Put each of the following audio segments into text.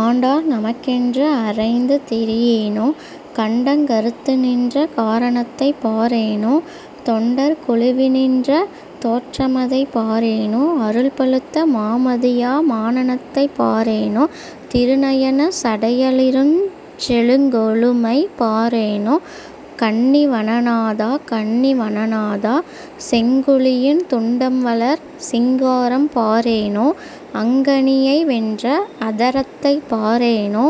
ஆண்டார் நமக்கென்று அறைந்து திரியேனோ! கண்டங் கறுத்துநின்ற காரணத்தைப் பாரேனோ! தொண்டர் குழுவினின்ற தோற்றமதைப் பாரேனோ! அருள்பழுத்த மாமதியா மானனத்தைப் பாரேனோ! திருநயனச் சடையளிருஞ் செழுங்கொழுமை பாரேனோ! கன்னி வனநாதா! கன்னி வனநாதா! செங்குழியின் துண்டம்வளர் சிங்காரம் பாரேனோ? அங்கனியை வென்ற அதரத்தைப் பாரேனோ!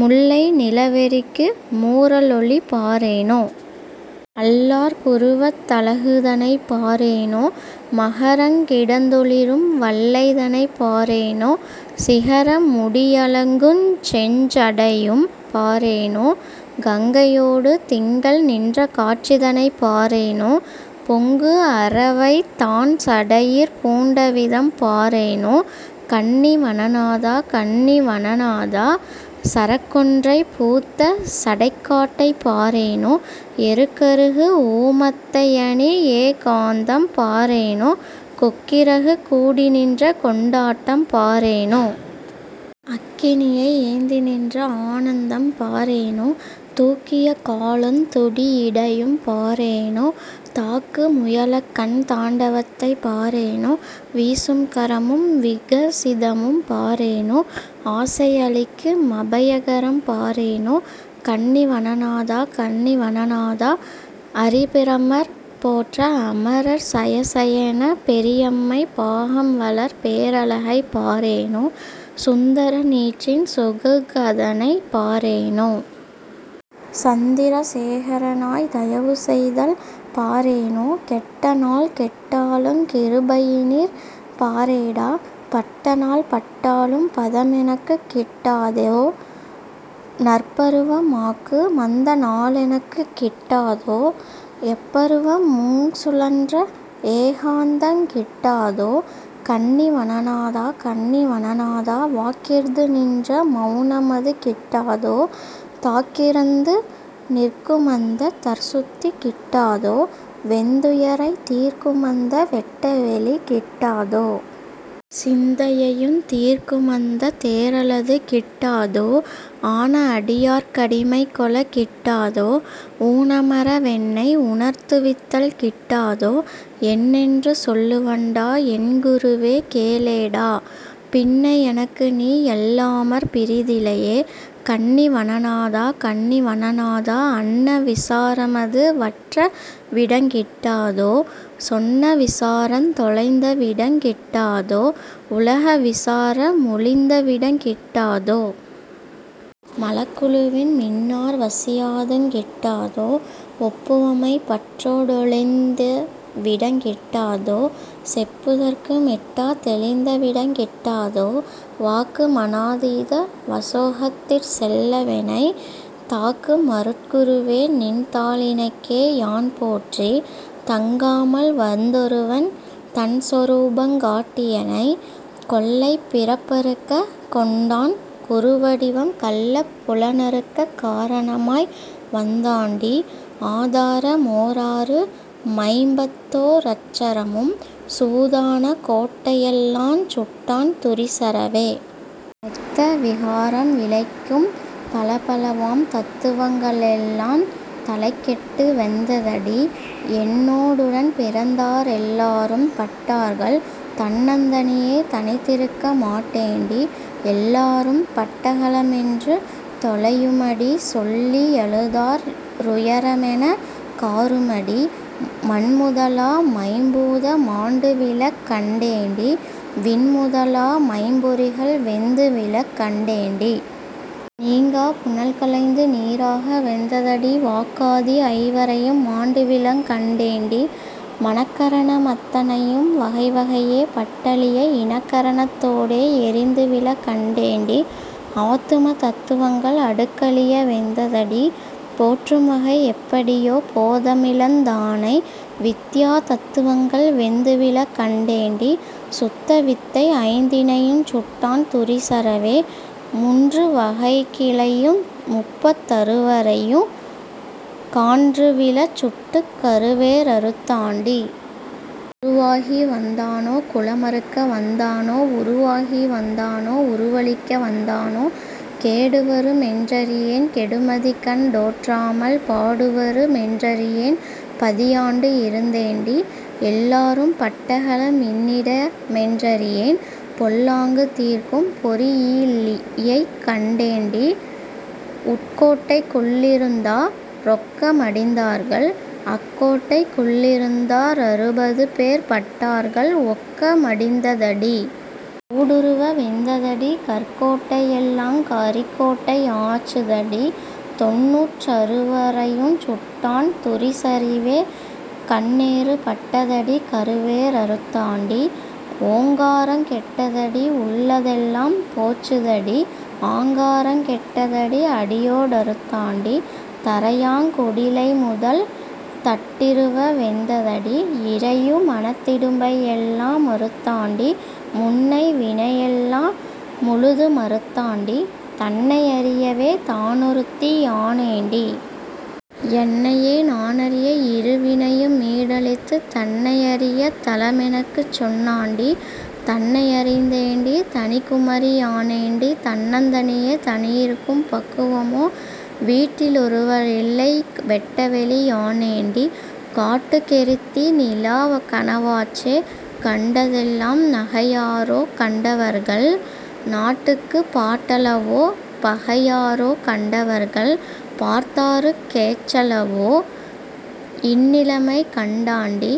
முல்லை நிலவெறிக்கு மூரலொளி பாரேனோ! அல்லார் புருவத் தழகுதனைப் பாரேனோ! மகரங் கிடந்தொளிரும் வள்ளைதனைப் பாரேனோ! சிகர முடியழகுஞ் செஞ்சடையும் பாரேனோ! கங்கையோடு திங்கள் நின்றகாட்சிதனைப் பாரேனோ! பொங்கு அரவைத்தான்சடையிற் பூண்டவிதம் பாரேனோ கன்னி வனநாதா! கன்னி வனநாதா! சரக்கொன்றை பூத்த சடைக்காட்டைப் பாரேனோ; எருக்கறுகு ஊமத்தையணி யேகாந்தம் பாரேனோ! கொக்கிறகுக் கூடிநின்ற கொண்டாட்டம் பாரேனோ! அக்கினியை யேந்திநின்ற ஆனந்தம் பாரேனோ! தூக்கிய காலுந் துடியிடையும் பாரேனோ! தாக்கு முயலகன் தாண்டவத்தைப் பாரேனோ! வீசும் கரமும் விகசிதமும் பாரேனோ! ஆசை அளிக்கு மபயகரம் பாரேனோ! கன்னி வனநாதா! கன்னி வனநாதா! அரிபிரமர் போற்ற அமரர் சயசயெனப் பெரியம்மை பாகம்வளர் பேரழகைப் பாரேனோ! சுந்தர நீற்றின் சொகுகதனைப் பாரேனோ! சந்திர சேகரனாய்த் தயவுசெய்தல் பாரேனோ! கெட்டநாள் கெட்டாலுங் கிருபையினிப் பாரேடா! பட்டநாள் பட்டாலும் பதமெனக்குக் கிட்டாதோ? நற்பருவ மாக்குமந்த நாளெனக்குக் கிட்டாதோ? எப்பருவ முங்சுழன்ற ஏகாந்தங் கிட்டாதோ? கன்னி வனநாதா! கன்னி வனநாதா! வாக்கிற்து நின்ற மவுனமது கிட்டாதோ? தாக்கிறந்து நிற்குமந்தத் தற்சுத்தி கிட்டாதோ? வெந்துயரைத் தீர்க்குமந்த வெட்டவெளி கிட்டாதோ? சிந்தையையுந் தீர்க்குமந்தத் தேறலது கிட்டாதோ? ஆன அடியார்க் கடிமைகொளக் கிட்டாதோ? ஊனமற வென்னை வுணர்த்துவித்தல் கிட்டாதோ? என்னென்று சொல்லுவண்டா? என்குருவே? கேளேடா! பின்னை எனக்குநீ யல்லாமற் பிறிதிலையே. கன்னி வனநாதா! கன்னி வனநாதா! அன்ன விசாரமது வற்றவிடங் கிட்டாதோ? சொன்ன விசாரந் தொலைந்தவிடங் கிட்டாதோ? உலக விசார மொழிந்தவிடங் கிட்டாதோ? மலக்குழுவின் மின்னார் வசியாதுங் கிட்டாதோ? ஒப்புவமை பற்றோ டொழிந்தவிடங் கிட்டாதோ? செப்புதற்கு மெட்டா தெளிந்தவிடங் கிட்டாதோ? வாக்கு மனாதீத வசோகசத்திற் செல்லவெனைத் தாக்கு மருட்குருவே, நின்தாளிணைக்கே யான்போற்றி. தங்காமல் வந்தொருவன் தன்சொரூபங் காட்டியெனை. கொள்ளைப் பிறப்பறுக்கக் கொண்டான் குருவடிவம் கள்ளப் புலனறுக்கக் காரணமாய் வந்தாண்டி ஆதார மோராறு மைம்பத்தோ ரட்சரமும் சூதான கோட்டையெல்லாஞ் சுட்டான் துரிசறவே. மெத்த விகாரம் விளைக்கும் பலபலவாம் தத்துவங்க ளெல்லாந் தலைகெட்டு வெந்ததடி. என்னோ டுடன்பிறந்தா ரெல்லாரும் பட்டார்கள்; தன்னந் தனியே தனித்திருக்க மாட்டேண்டி. எல்லாரும் பட்டகள மென்று தொலையுமடி சொல்லி யழுதாற் றுயரமனெக் காறுமடி. மண்முதலா மைம்பூத மாண்டுவிழக் கண்டேண்டி! விண்முதலா மைம்பொறிகள் வெந்து விழக் கண்டேண்டி. நீங்காப் புனல்களைந்து நீறாக வெந்ததடி வாக்காதி ஐவரையும் மாண்டுவிழங் கண்டேண்டி. மனக்கரண மத்தனையும் வகைவகையே பட்டழிய இனக்கரணத் தோடே யெரிந்துவிழக் கண்டேண்டி. ஆத்துமத் தத்துவங்கள் அடுக்கழிய வெந்ததடி! போற்றும்வகை யெப்படியோ போதமிழந் தானை. வித்தியா தத்துவங்கள் வெந்துவிழக் கண்டேண்டி! சுத்தவித்தை ஐந்தினையுஞ் சுட்டான் துரிசறவே. முன்று வகைக்கிளையு முப்பத் தறுவரையும் கான்றுவிழச் சுட்டுக் கருவே ரறுத்தாண்டி. குருவாகி வந்தானோ? குலமறுக்க வந்தானோ? உருவாகி வந்தானோ? உருவழிக்க வந்தானோ? கேடுவரு மென்றறியேன், கெடுமதிகண் டோற்றாமல் பாடுவரு மென்றறியேன், பதியாண்டு இருந்தேண்டி. எல்லாரும் பட்டகள மின்னிட மென்றறியேன்; பொல்லாங்கு தீர்க்கும் பொறியிலியைக் கண்டேண்டி. உட்கோட்டைக் குள்ளிருந்தா ரொக்க மடிந்தார்கள், அக்கோட்டைக் குள்ளிருந்தா ரறுபதுபேர் பட்டார்கள். ஒக்க மடிந்ததடி! ஊடுருவ வெந்ததடி! கற்கோட்டை யெல்லாங் கரிக்கோட்டை யாச்சுதடி. தொண்ணூற் றறுவரையுஞ் சுட்டான் துரிசறிவே கண்ணேறு பட்டதடி கருவே ரறுத்தாண்டி. ஓங்காரங் கெட்டதடி, உள்ளதெல்லாம் போச்சுதடி ஆங்காரங் கெட்டதடி, அடியோ டறுத்தாண்டி. தரையாங் குடிலைமுதல் தட்டிருவ வெந்ததடி! இரையு மனத்திடும்பை யெல்லா மறுத்தாண்டி. முன்னை வினையெல்லா முழுது மறுத்தாண்டி தன்னை யறியவே தானொருத்தி யானேண்டி. என்னையே நானறிய இருவினையு மீடழித்துத் தன்னை யறியத் தலமெனக்குச் சொன்னாண்டி. தன்னை யறிந்தேண்டி! தனிக்குமரி யானேண்டி! தன்னந் தனியே தனியிருக்கும் பக்குவமோ. வீட்டி லொருவரில்லை வெட்டவெளி யானேண்டி! காட்டுக் கெறித்திநிலா கனவாச்சே கண்டதெல்லாம். நகையாரோ கண்டவர்கள்? நாட்டுக்குப் பாட்டலவோ? பகையாரோ கண்டவர்கள்? பார்த்தாருக் கேச்சலவோ? இந்நிலமை கண்டாண்டி,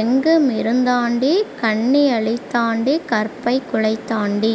எங்கு மிருந்தாண்டி! கன்னி யழித்தாண்டி, கற்பைக் குலைத்தாண்டி.।